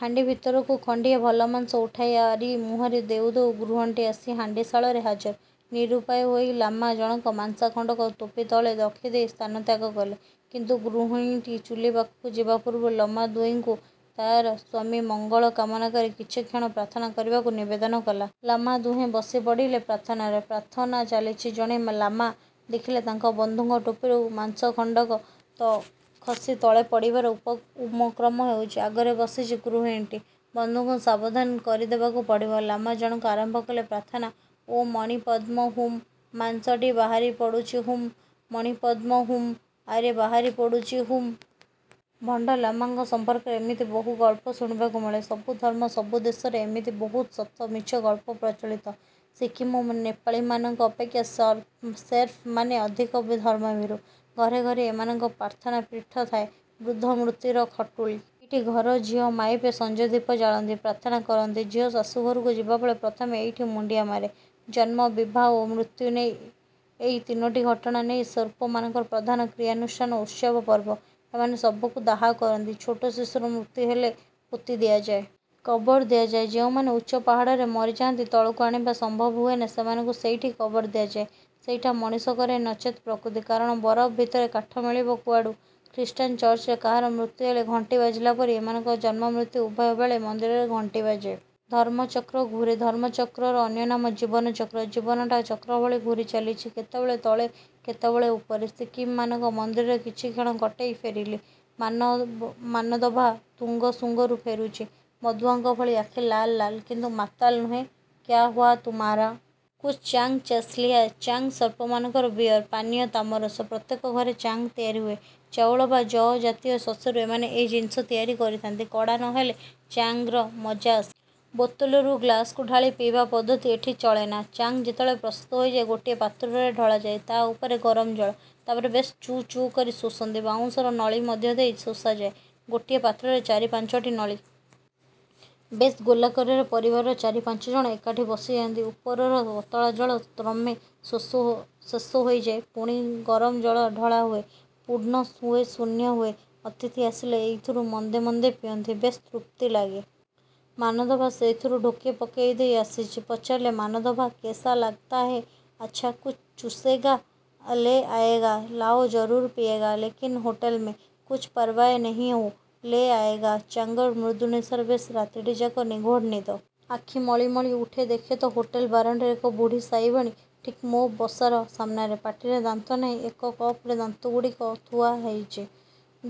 ହାଣ୍ଡି ଭିତରକୁ ଖଣ୍ଡିଏ ଭଲ ମାଂସ ଉଠାଇ ଆରି ମୁହଁରେ ଦେଉ ଦେଉ ଗୃହିଣୀଟି ଆସି ହାଣ୍ଡିଶାଳରେ ହାଜର! ନିରୂପାୟ ହୋଇ ଲାମା ଜଣକ ମାଂସ ଖଣ୍ତକ ଟୋପି ତଳେ ରଖିଦେଇ ସ୍ଥାନ ତ୍ୟାଗ କଲେ। କିନ୍ତୁ ଗୃହିଣୀଟି ଚୁଲୀପାଖକୁ ଯିବା ପୂର୍ବରୁ ଲମା ଦୁହିଁଙ୍କୁ ତା ସ୍ୱାମୀର ମଙ୍ଗଳ କାମନା କରି କିଛିକ୍ଷଣ ପ୍ରାର୍ଥନା କରିବାକୁ ନିବେଦନ କଲା। ଲାମା ଦୁହେଁ ବସି ପଡ଼ିଲେ ପ୍ରାର୍ଥନାରେ। ପ୍ରାର୍ଥନା ଚାଲିଛି। ଜଣେ ଲାମା ଦେଖିଲେ ତାଙ୍କ ବନ୍ଧୁଙ୍କ ଟୋପିରୁ ମାଂସ ଖଣ୍ଡକ ଖସି ତଳେ ପଡ଼ିବାର ଉମକ୍ରମ ହେଉଛି। ଆଗରେ ବସିଚି ଗୃହିଣୀଟି। ବନ୍ଧୁଙ୍କୁ ସାବଧାନ କରିଦେବାକୁ ପଡ଼ିବ। ଲାମା ଜଣକ ଆରମ୍ଭ କଲେ ପ୍ରାର୍ଥନା ''ଓ: ମଣିପଦ୍ମ ହୁମ୍–ମାଂସଟି ବାହାରି ପଡ଼ୁଛି ହୁମ୍–ମଣିପଦ୍ମୁ ହୁମ୍–ଆରେ ବାହାରି ପଡ଼ୁଛି ହୁମ୍। '' ଭଣ୍ଡ ଲାମାଙ୍କ ସମ୍ପର୍କରେ ଏମିତି ବହୁଚ ଗଳ୍ପ ଶୁଣିବାକୁ ମିଳେ। ସବୁ ଧର୍ମ, ସବୁ ଦେଶର ଏମିତି ବହୁତ ସତ ମିଛ ଗଳ୍ପ ପ୍ରଚଳିତ। ସିକିମ୍ ଓ ନେପାଳୀମାନଙ୍କ ଅପେକ୍ଷା ସେର୍ପମାନେ ଅଧିକ ଧର୍ମଭୀରୁ। ଘରେ ଘରେ ଏମାନଙ୍କ ପ୍ରାର୍ଥନା ପୀଠ ଥାଏ। ବୁଦ୍ଧ ମୂର୍ତ୍ତିର ଖଟୁଳି। ଏଇଠି ଘର ଝିଅ ମାଇପେ ସଂଜଦୀପ ଜାଳନ୍ତି, ପ୍ରାର୍ଥନା କରନ୍ତି। ଝିଅ ଶାଶୁଘରକୁ ଯିବାବେଳେ ପ୍ରଥମେ ଏଇଠି ମୁଣ୍ଡିଆ ମାରେ। ଜନ୍ମ, ବିବାହ ଓ ମୃତ୍ୟୁ ଏଇ ତିନୋଟି ଘଟଣା ନେଇ ସେର୍ପାମାନଙ୍କର ପ୍ରଧାନ କ୍ରିୟାନୁଷ୍ଠାନ, ଉତ୍ସବ-ପର୍ବ। ଏମାନେ ଶବକୁ ଦାହ କରନ୍ତି। ଛୋଟ ଶିଶୁର ମୃତ୍ୟୁ ହେଲେ ପୋତି ଦିଆଯାଏ। କବର ଦିଆଯାଏ। ଯେଉଁମାନେ ଉଚ୍ଚ ପାହାଡ଼ରେ ମରିଯାଆନ୍ତି–ତଳକୁ ଆଣିବା ସମ୍ଭବ ହୁଏନା, ସେମାନଙ୍କୁ ସେଇଠି କବର ଦିଆଯାଏ। ସେଇଟା ମଣିଷ କରେ ନଚେତ୍ ପ୍ରକୃତି। କାରଣ ବରଫ ଭିତରେ କାଠ ମିଳିବ କୁଆଡ଼ୁ? ଖ୍ରୀଷ୍ଟାନ୍ ଚର୍ଚ୍ଚରେ କାହାର ମୃତ୍ୟୁ ହେଲେ ଘଣ୍ଟି ବାଜିଲା ପରି ଏମାନଙ୍କ ଜନ୍ମ-ମୃତ୍ୟୁ ଉଭୟ ବେଳେ ମନ୍ଦିରରେ ଘଣ୍ଟି ବାଜେ। ଧର୍ମଚକ୍ର ଘୂରେ।। ଧର୍ମଚକ୍ରର ଅନ୍ୟନାମ ଜୀବନ ଚକ୍ର। ଜୀବନଟା ଚକ୍ରଭଳି ଘୂରି ଚାଲିଛି କେତେବେଳେ ତଳେ, କେତେବେଳେ ଉପରେ। ସିକିମ୍ମାନଙ୍କ ମନ୍ଦିରରେ କିଛିକ୍ଷଣ କଟେଇ ଫେରିଲି। ମାନଦଭା ତୁଙ୍ଗସୁଙ୍ଗରୁ ଫେରୁଚି-। ମଦୁଆଙ୍କ ଭଳି ଆଖି ଲାଲ ଲାଲ। କିନ୍ତୁ ମାତାଲ ନୁହେଁ। ''କ୍ୟା ହୁଆ ତୁମ୍ହାରା? '' ''କୁଛୁ ଚାଙ୍ଗ୍ ଚଷ ଲିୟା। '' ଚାଙ୍ଗ୍ ସେର୍ପାମାନଙ୍କର ବିୟର୍। ପାନୀୟ ତାମରସ। ପ୍ରତ୍ୟେକ ଘରେ ଚାଙ୍ଗ ତିଆରି ହୁଏ। ଚାଉଳ ବା ଯଅ ଜାତୀୟ ଶସ୍ୟରୁ ଏମାନେ ଏଇ ଜିନିଷ ତିଆରି କରି ଥାଆନ୍ତି। କଡ଼ା ନ ହେଲେ ଚାଙ୍ଗ୍ର ମଜା ଆସେନା। ବୋତଲରୁ ଗ୍ଳାସକୁ ଢାଳି ପିଇବା ପଦ୍ଧତି ଏଠି ଚଳେନା। ଚାଙ୍ଗ୍ ଯେତେବେଳେ ପ୍ରସ୍ତତ ହୋଇଯାଏ, ଗୋଟିଏ ପାତ୍ରରେ ଢଳାଯାଏ। ତା ଉପରେ ଗରମ ଜଳ। ତାପରେ ବେଶ୍ ଚୁ ଚୁ କରି ଶୋଷନ୍ତି। ବାଉଁଶର ନଳୀ ଦେଇ ମଧ୍ୟ ଶୋଷାଯାଏ। ଗୋଟିଏ ପାତ୍ରରେ ଚାରି ପାଞ୍ଚଟି ନଳୀ। ବେଶ୍ ଗୋଲାକାରରେ ପରିବାରର ଚାରି ପାଞ୍ଚ ଜଣ ଏକାଠି ବସି ଯାଆନ୍ତି। ଉପରର ପତଳା ଜଳ ତ୍ରମେ ଶେଷ ହୋଇଯାଏ। ପୁଣି ଗରମ ଜଳ ଢଳା ହୁଏ। ପୂର୍ଣ୍ଣ ହୁଏ ଶୂନ୍ୟ ହୁଏ। ଅତିଥି ଆସିଲେ ଏଇଥିରୁ ମନ୍ଦେ ମନ୍ଦେ ପିଅନ୍ତି। ବେଶ ତୃପ୍ତି ଲାଗେ। ମାନଦଭା ସେଇଥିରୁ ଢୋକେ ପକାଇ ଦେଇ ଆସିଚି। ପଚାରିଲେ–''ମାନଦଭା, କୈସା ଲାଗ୍ତା ହୈ। '' ''ଆଚ୍ଛା–କୁଚ୍ ଚୁଷୋଗେ? ଲେ ଆଏଗା। '' ''ଲାଓ-ଜରୁର ପିଏଗା, ଲେକିନ ହୋଟଲମେ। '' ''କୁଛୁ ପରବାୟ ନେହିଁ-ଓହଁ। ଲେ ଆଏଗା। '' ଚାଙ୍ଗର ମୃଦୁ ନିଶାରେ ବେଶ ରାତିଟିଯାକ ନିଘୋଡ଼ ନିଦ। ଆଖି ମଳି ମଳି ଉଠି ଦେଖେ ତ ହୋଟେଲ ବାରଣ୍ଡାରେ ଏକ ବୁଢ଼ୀ ସାଇବାଣୀ। ଠିକ୍ ମୋ ବସାର ସାମନାରେ। ପାଟିରେ ଦାନ୍ତ ନାହିଁ। ଏକ କପରେ ଦାନ୍ତଗୁଡ଼ିକ ଧୂଆ ହେଉଛି।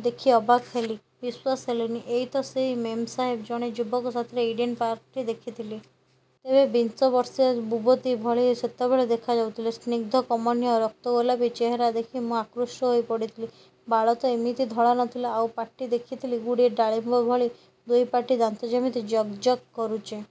ଦେଖି ଅବାକ୍ ହେଲି। ବିଶ୍ୱାସ ହେଲାନି। ଏଇ ତ ସେଇ ମେମସାହେବ। ଜଣେ ଯୁବକ ସାଥିରେ ଇଡ଼େନ ପାର୍କଠି ଦେଖିଥିଲି। ତେବେ ବିଂଶ ବର୍ଷିୟା ବୁବତୀ ଭଳି ସେତେବେଳେ ଦେଖାଯାଉଥିଲେ। ସ୍ନିଗ୍ଧ-କମନୀୟ-ରକ୍ତଗୋଲାପୀ ଚେହେରା ଦେଖି ମୁଁ ଆକୃଷ୍ଟ ହୋଇ ପଡ଼ିଥିଲି। ବାଳ ତ ଏମିତି ଧଳା ନଥିଲା। ଆଉ ପାଟି! ଦେଖିଥିଲି ଗୁଡ଼ିଏ ଡ଼ାଳିମ୍ୱ ଭଳି ଦୁଇପାଟି ଦାନ୍ତଯେମିତି ଜକ୍ ଜକ୍ କରୁଚି।